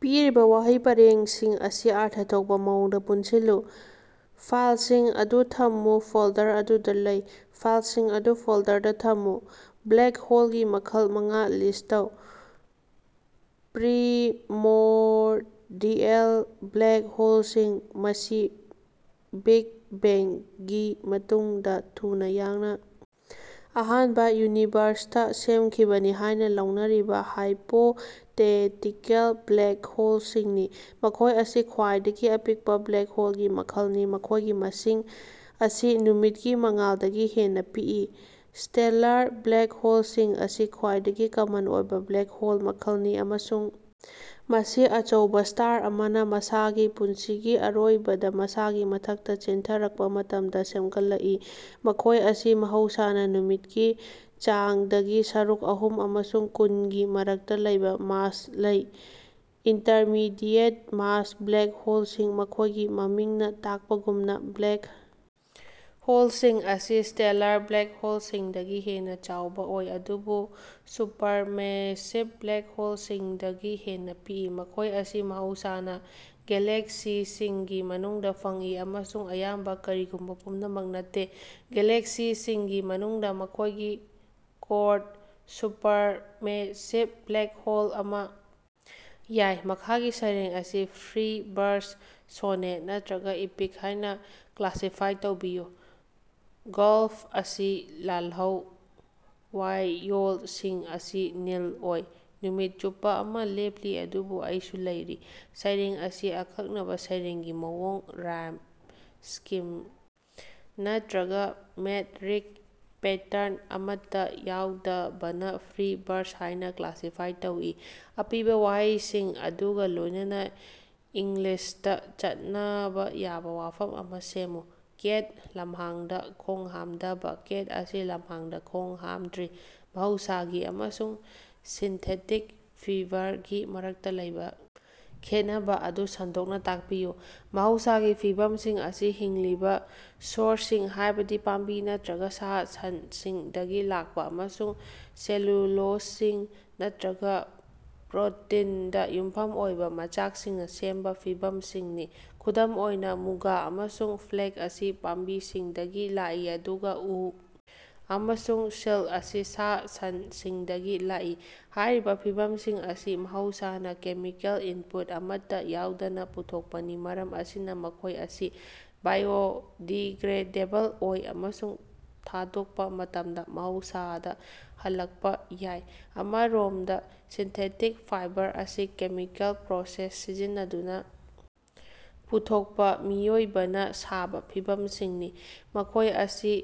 ꯄꯤꯔꯤꯕ ꯋꯥꯍꯩ ꯄꯔꯦꯡꯁꯤꯡ ꯑꯁꯤ ꯑꯔꯊ ꯊꯣꯛꯄ ꯃꯑꯣꯡꯗ ꯄꯨꯟꯁꯤꯜꯂꯨ꯫ ꯐꯥꯏꯜꯁꯤꯡ ꯑꯗꯨ ꯊꯝꯃꯨ ꯐꯣꯜꯗꯔ ꯑꯗꯨꯗ ꯂꯩ꯫ "ꯐꯥꯏꯜꯁꯤꯡ ꯑꯗꯨ ꯐꯣꯜꯗꯔꯗ ꯊꯝꯃꯨ꯫" ꯕ꯭ꯂꯦꯛ ꯍꯣꯜꯒꯤ ꯃꯈꯜ ꯃꯉꯥ ꯂꯤꯁ ꯇꯧ꯫ ꯄ꯭ꯔꯤꯃꯣꯔꯗꯤꯑꯦꯜ ꯕ꯭ꯂꯦꯛ ꯍꯣꯜꯁꯤꯡ: ꯃꯁꯤ ꯕꯤꯛ ꯕꯦꯡꯒꯤ ꯃꯇꯨꯡꯗ ꯊꯨꯅ ꯌꯥꯡꯅ ꯑꯍꯥꯟꯕ ꯌꯨꯅꯤꯚꯔꯁꯇ ꯁꯦꯝꯈꯤꯕꯅꯤ ꯍꯥꯏꯅ ꯂꯧꯅꯔꯤꯕ ꯍꯥꯏꯄꯣꯇꯦꯇꯤꯀꯜ ꯕ꯭ꯂꯦꯛ ꯍꯣꯜꯁꯤꯡꯅꯤ꯫ ꯃꯈꯣꯏ ꯑꯁꯤ ꯈ꯭ꯋꯥꯏꯗꯒꯤ ꯑꯄꯤꯛꯄ ꯕ꯭ꯂꯦꯛ ꯍꯣꯜꯒꯤ ꯃꯈꯜꯅꯤ, ꯃꯈꯣꯏꯒꯤ ꯃꯁꯤꯡ ꯑꯁꯤ ꯅꯨꯃꯤꯠꯀꯤ ꯃꯉꯥꯜꯗꯒꯤ ꯍꯦꯟꯅ ꯄꯤꯛꯏ꯫ ꯁ꯭ꯇꯦꯂꯔ ꯕ꯭ꯂꯦꯛ ꯍꯣꯜꯁꯤꯡ: ꯃꯁꯤ ꯈ꯭ꯋꯥꯏꯗꯒꯤ ꯀꯃꯟ ꯑꯣꯏꯕ ꯕ꯭ꯂꯦꯛ ꯍꯣꯜ ꯃꯈꯜꯅꯤ ꯑꯃꯁꯨꯡ ꯃꯁꯤ ꯑꯆꯧꯕ ꯁ꯭ꯇꯥꯔ ꯑꯃꯅ ꯃꯁꯥꯒꯤ ꯄꯨꯟꯁꯤꯒꯤ ꯑꯔꯣꯏꯕꯗ ꯃꯁꯥꯒꯤ ꯃꯊꯛꯇ ꯆꯦꯟꯊꯔꯛꯄ ꯃꯇꯝꯗ ꯁꯦꯝꯒꯠꯂꯛꯏ꯫ ꯃꯈꯣꯏ ꯑꯁꯤ ꯃꯍꯧꯁꯥꯅ ꯅꯨꯃꯤꯠꯀꯤ ꯆꯥꯡꯗꯒꯤ ꯁꯔꯨꯛ ꯑꯍꯨꯝ ꯑꯃꯁꯨꯡ ꯀꯨꯟ ꯒꯤ ꯃꯔꯛꯇ ꯂꯩꯕ ꯃꯥꯁ ꯂꯩ꯫ ꯏꯟꯇꯔꯃꯤꯗꯤꯌꯦꯠ-ꯃꯥꯁ ꯕ꯭ꯂꯦꯛ ꯍꯣꯜꯁꯤꯡ: ꯃꯈꯣꯏꯒꯤ ꯃꯃꯤꯡꯅ ꯇꯥꯛꯄꯒꯨꯝꯅ, ꯕ꯭ꯂꯦꯛ ꯍꯣꯜꯁꯤꯡ ꯑꯁꯤ ꯁ꯭ꯇꯦꯂꯔ ꯕ꯭ꯂꯦꯛ ꯍꯣꯜꯁꯤꯡꯗꯒꯤ ꯍꯦꯟꯅ ꯆꯥꯎꯕ ꯑꯣꯏ, ꯑꯗꯨꯕꯨ ꯁꯨꯄꯔꯃꯦꯁꯤꯚ ꯕ꯭ꯂꯦꯛ ꯍꯣꯜꯁꯤꯡꯗꯒꯤꯗꯤ ꯍꯦꯟꯅ ꯄꯤꯛꯏ꯫ ꯃꯈꯣꯏ ꯑꯁꯤ ꯃꯍꯧꯁꯥꯅ ꯒꯦꯂꯦꯛꯁꯤꯁꯤꯡꯒꯤ ꯃꯅꯨꯡꯗ ꯐꯪꯏ, ꯑꯃꯁꯨꯡ ꯑꯌꯥꯝꯕ, ꯀꯔꯤꯒꯨꯝꯕ ꯄꯨꯝꯅꯃꯛ ꯅꯠꯇꯦ, ꯒꯦꯂꯦꯛꯁꯤꯁꯤꯡꯒꯤ ꯃꯅꯨꯡꯗ ꯃꯈꯣꯏꯒꯤ ꯀꯣꯔꯗ ꯁꯨꯄꯔꯃꯦꯁꯤꯚ ꯕ꯭ꯂꯦꯛ ꯍꯣꯜ ꯑꯃ ꯌꯥꯏ꯫ ꯃꯈꯥꯒꯤ ꯁꯩꯔꯦꯡ ꯑꯁꯤ ꯐ꯭ꯔꯤ ꯕꯔꯁ, ꯁꯣꯅꯦꯠ ꯅꯠꯇ꯭ꯔꯒ ꯏꯄꯤꯛ ꯍꯥꯏꯅ ꯀ꯭ꯂꯥꯁꯤꯐꯥꯏ ꯇꯧꯕꯤꯌꯨ꯫ ꯒꯣꯂꯞ ꯑꯁꯤ ꯂꯥꯜꯍꯧ, ꯋꯥꯏꯌꯣꯜꯁꯤꯡ ꯑꯁꯤ ꯅꯤꯜ ꯑꯣꯏ꯫ ꯅꯨꯃꯤꯠ ꯆꯨꯞꯄ ꯑꯃ ꯂꯦꯞꯂꯤ, ꯑꯗꯨꯕꯨ ꯑꯩꯁꯨ ꯂꯩꯔꯤ꯫ ꯁꯩꯔꯦꯡ ꯑꯁꯤ ꯑꯀꯛꯅꯕ ꯁꯩꯔꯦꯡꯒꯤ ꯃꯑꯣꯡ, ꯔꯥꯏꯝ ꯁ꯭ꯀꯤꯝ ꯅꯠꯇ꯭ꯔꯒ ꯃꯦꯠꯔꯤꯛ ꯄꯦꯇꯔꯟ ꯑꯃꯠꯇ ꯌꯥꯎꯗꯕꯅ ꯐ꯭ꯔꯤ ꯕꯔꯁ ꯍꯥꯏꯅ ꯀ꯭ꯂꯥꯁꯤꯐꯥꯏ ꯇꯧꯏ꯫ ꯑꯄꯤꯕ ꯋꯥꯍꯩꯁꯤꯡ ꯑꯗꯨꯒ ꯂꯣꯏꯅꯅ ꯏꯪꯂꯤꯁꯇ ꯆꯠꯅꯕ ꯌꯥꯕ ꯋꯥꯐꯝ ꯑꯃ ꯁꯦꯝꯃꯨ꯫ ꯀꯦꯠ, ꯂꯝꯍꯥꯡꯗ ꯈꯣꯡꯍꯥꯝꯗꯕ꯫ ꯀꯦꯠ ꯑꯁꯤ ꯂꯝꯍꯥꯡꯗꯥ ꯈꯣꯡꯍꯥꯝꯗ꯭ꯔꯤ꯫ ꯃꯍꯧꯁꯥꯒꯤ ꯑꯃꯁꯨꯡ ꯁꯤꯟꯊꯦꯇꯤꯛ ꯐꯤꯕꯔꯒꯤ ꯃꯔꯛꯇ ꯂꯩꯕ ꯈꯦꯠꯅꯕ ꯑꯗꯨ ꯁꯟꯗꯣꯛꯅ ꯇꯥꯛꯄꯤꯌꯨ꯫ ꯃꯍꯧꯁꯥꯒꯤ ꯐꯤꯕꯝꯁꯤꯡ ꯑꯁꯤ ꯍꯤꯡꯂꯤꯕ ꯁꯣꯔꯁꯁꯤꯡ, ꯍꯥꯏꯕꯗꯤ ꯄꯥꯝꯕꯤ ꯅꯠꯇ꯭ꯔꯒ ꯁꯥ-ꯁꯟꯁꯤꯡꯗꯒꯤ ꯂꯥꯛꯄ ꯑꯃꯁꯨꯡ ꯁꯦꯂꯨꯂꯣꯁꯤꯛ ꯅꯠꯇ꯭ꯔꯒ ꯄ꯭ꯔꯣꯇꯤꯟꯗ ꯌꯨꯝꯐꯝ ꯑꯣꯏꯕ ꯃꯆꯥꯛꯁꯤꯡꯅ ꯁꯦꯝꯕ ꯐꯤꯕꯝꯁꯤꯡꯅꯤ꯫ ꯈꯨꯗꯝ ꯑꯣꯏꯅ, ꯃꯨꯒꯥ ꯑꯃꯁꯨꯡ ꯐ꯭ꯂꯦꯛꯁ ꯑꯁꯤ ꯄꯥꯝꯕꯤꯁꯤꯡꯗꯒꯤ ꯂꯥꯛꯏ ꯑꯗꯨꯒ ꯎ ꯑꯃꯁꯨꯡ ꯁꯤꯜꯛ ꯑꯁꯤ ꯁꯥ-ꯁꯟꯁꯤꯡꯗꯒꯤ ꯂꯥꯛꯏ꯫ ꯍꯥꯏꯔꯤꯕ ꯐꯤꯕꯝꯁꯤꯡ ꯑꯁꯤ ꯃꯍꯧꯁꯥꯅ ꯀꯦꯃꯤꯀꯦꯜ ꯏꯟꯄꯨꯠ ꯑꯃꯠꯇ ꯌꯥꯎꯗꯅ ꯄꯨꯊꯣꯛꯄꯅꯤ, ꯃꯔꯝ ꯑꯁꯤꯅ ꯃꯈꯣꯏ ꯑꯁꯤ ꯕꯥꯏꯑꯣꯗꯤꯒ꯭ꯔꯦꯗꯦꯕꯜ ꯑꯣꯏ ꯑꯃꯁꯨꯡ ꯊꯥꯗꯣꯛꯄ ꯃꯇꯝꯗ ꯃꯍꯧꯁꯥꯗ ꯍꯜꯂꯛꯄ ꯌꯥꯏ꯫ ꯑꯃꯔꯣꯝꯗ, ꯁꯤꯟꯊꯦꯇꯤꯛ ꯐꯥꯏꯕꯔ ꯑꯁꯤ ꯀꯦꯃꯤꯀꯦꯜ ꯄ꯭ꯔꯣꯁꯦꯁ ꯁꯤꯖꯤꯟꯅꯗꯨꯅ ꯄꯨꯊꯣꯛꯄ ꯃꯤꯑꯣꯏꯕꯅ ꯁꯥꯕ ꯐꯤꯕꯝꯁꯤꯡꯅꯤ꯫ ꯃꯈꯣꯏ ꯑꯁꯤ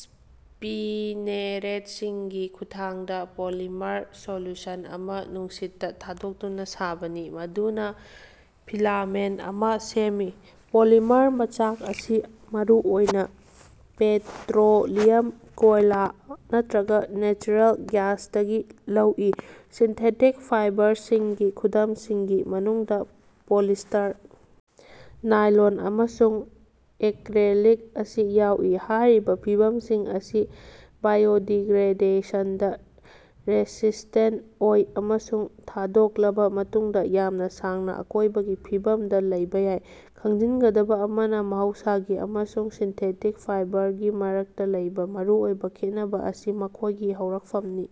ꯁ꯭ꯄꯤꯅꯦꯔꯦꯠꯁꯤꯡꯒꯤ ꯈꯨꯠꯊꯥꯡꯗ ꯄꯣꯂꯤꯃꯔ ꯁꯣꯜꯌꯨꯁꯟ ꯑꯃ ꯅꯨꯡꯁꯤꯠꯇ ꯊꯥꯗꯣꯛꯇꯨꯅ ꯁꯥꯕꯅꯤ, ꯃꯗꯨꯅ ꯐꯤꯂꯥꯃꯦꯟꯠ ꯑꯃꯥ ꯁꯦꯝꯃꯤ꯫ ꯄꯣꯂꯤꯃꯔ ꯃꯆꯥꯛ ꯑꯁꯤ ꯃꯔꯨꯑꯣꯏꯅ ꯄꯦꯇ꯭ꯔꯣꯂꯤꯌꯝ, ꯀꯣꯏꯂ ꯅꯠꯇ꯭ꯔꯒ ꯅꯦꯆꯔꯦꯜ ꯒ꯭ꯌꯥꯁꯇꯒꯤ ꯂꯧꯏ꯫ ꯁꯤꯟꯊꯦꯇꯤꯛ ꯐꯥꯏꯕꯔꯁꯤꯡꯒꯤ ꯈꯨꯗꯝꯁꯤꯡꯒꯤ ꯃꯅꯨꯡꯗ ꯄꯣꯂꯤꯁ꯭ꯇꯔ, ꯅꯥꯏꯂꯣꯟ ꯑꯃꯁꯨꯡ ꯑꯦꯀ꯭ꯔꯦꯂꯤꯛ ꯑꯁꯤ ꯌꯥꯎꯏ꯫ ꯍꯥꯏꯔꯤꯕ ꯐꯤꯕꯝꯁꯤꯡ ꯑꯁꯤ ꯕꯥꯏꯑꯣꯗꯤꯒ꯭ꯔꯦꯗꯦꯁꯟꯗ ꯔꯦꯁꯤꯁꯇꯦꯟꯠ ꯑꯣꯏ ꯑꯃꯁꯨꯡ ꯊꯥꯗꯣꯛꯂꯕ ꯃꯇꯨꯡꯗ ꯌꯥꯝꯅ ꯁꯥꯡꯅ ꯑꯀꯣꯏꯕꯒꯤ ꯐꯤꯕꯝꯗ ꯂꯩꯕ ꯌꯥꯏ꯫ ꯈꯪꯖꯤꯟꯒꯗꯕ ꯑꯃꯅ, ꯃꯍꯧꯁꯥꯒꯤ ꯑꯃꯁꯨꯡ ꯁꯤꯟꯊꯦꯇꯤꯛ ꯐꯥꯏꯕꯔꯒꯤ ꯃꯔꯛꯇ ꯂꯩꯕ ꯃꯔꯨꯑꯣꯏꯕ ꯈꯦꯠꯅꯕ ꯑꯁꯤ ꯃꯈꯣꯏꯒꯤ ꯍꯧꯔꯛꯐꯝꯅꯤ꯫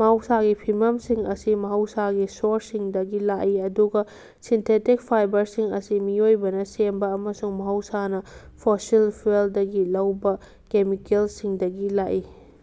ꯃꯍꯧꯁꯥꯒꯤ ꯐꯤꯕꯝꯁꯤꯡ ꯑꯁꯤ ꯃꯍꯧꯁꯥꯒꯤ ꯁꯣꯔꯁꯁꯤꯡꯗꯒꯤ ꯂꯥꯛꯏ ꯑꯗꯨꯒ ꯁꯤꯟꯊꯦꯇꯤꯛ ꯐꯥꯏꯕꯔꯁꯤꯡ ꯑꯁꯤ ꯃꯤꯑꯣꯏꯕꯅ ꯁꯦꯝꯕ ꯑꯃꯁꯨꯡ ꯃꯍꯧꯁꯥꯅ ꯐꯣꯁꯤꯜ ꯐ꯭ꯌꯨꯑꯦꯜꯗꯒꯤ ꯂꯧꯕ ꯀꯦꯃꯤꯀꯦꯜꯁꯤꯡꯗꯒꯤ ꯂꯥꯛꯏ꯫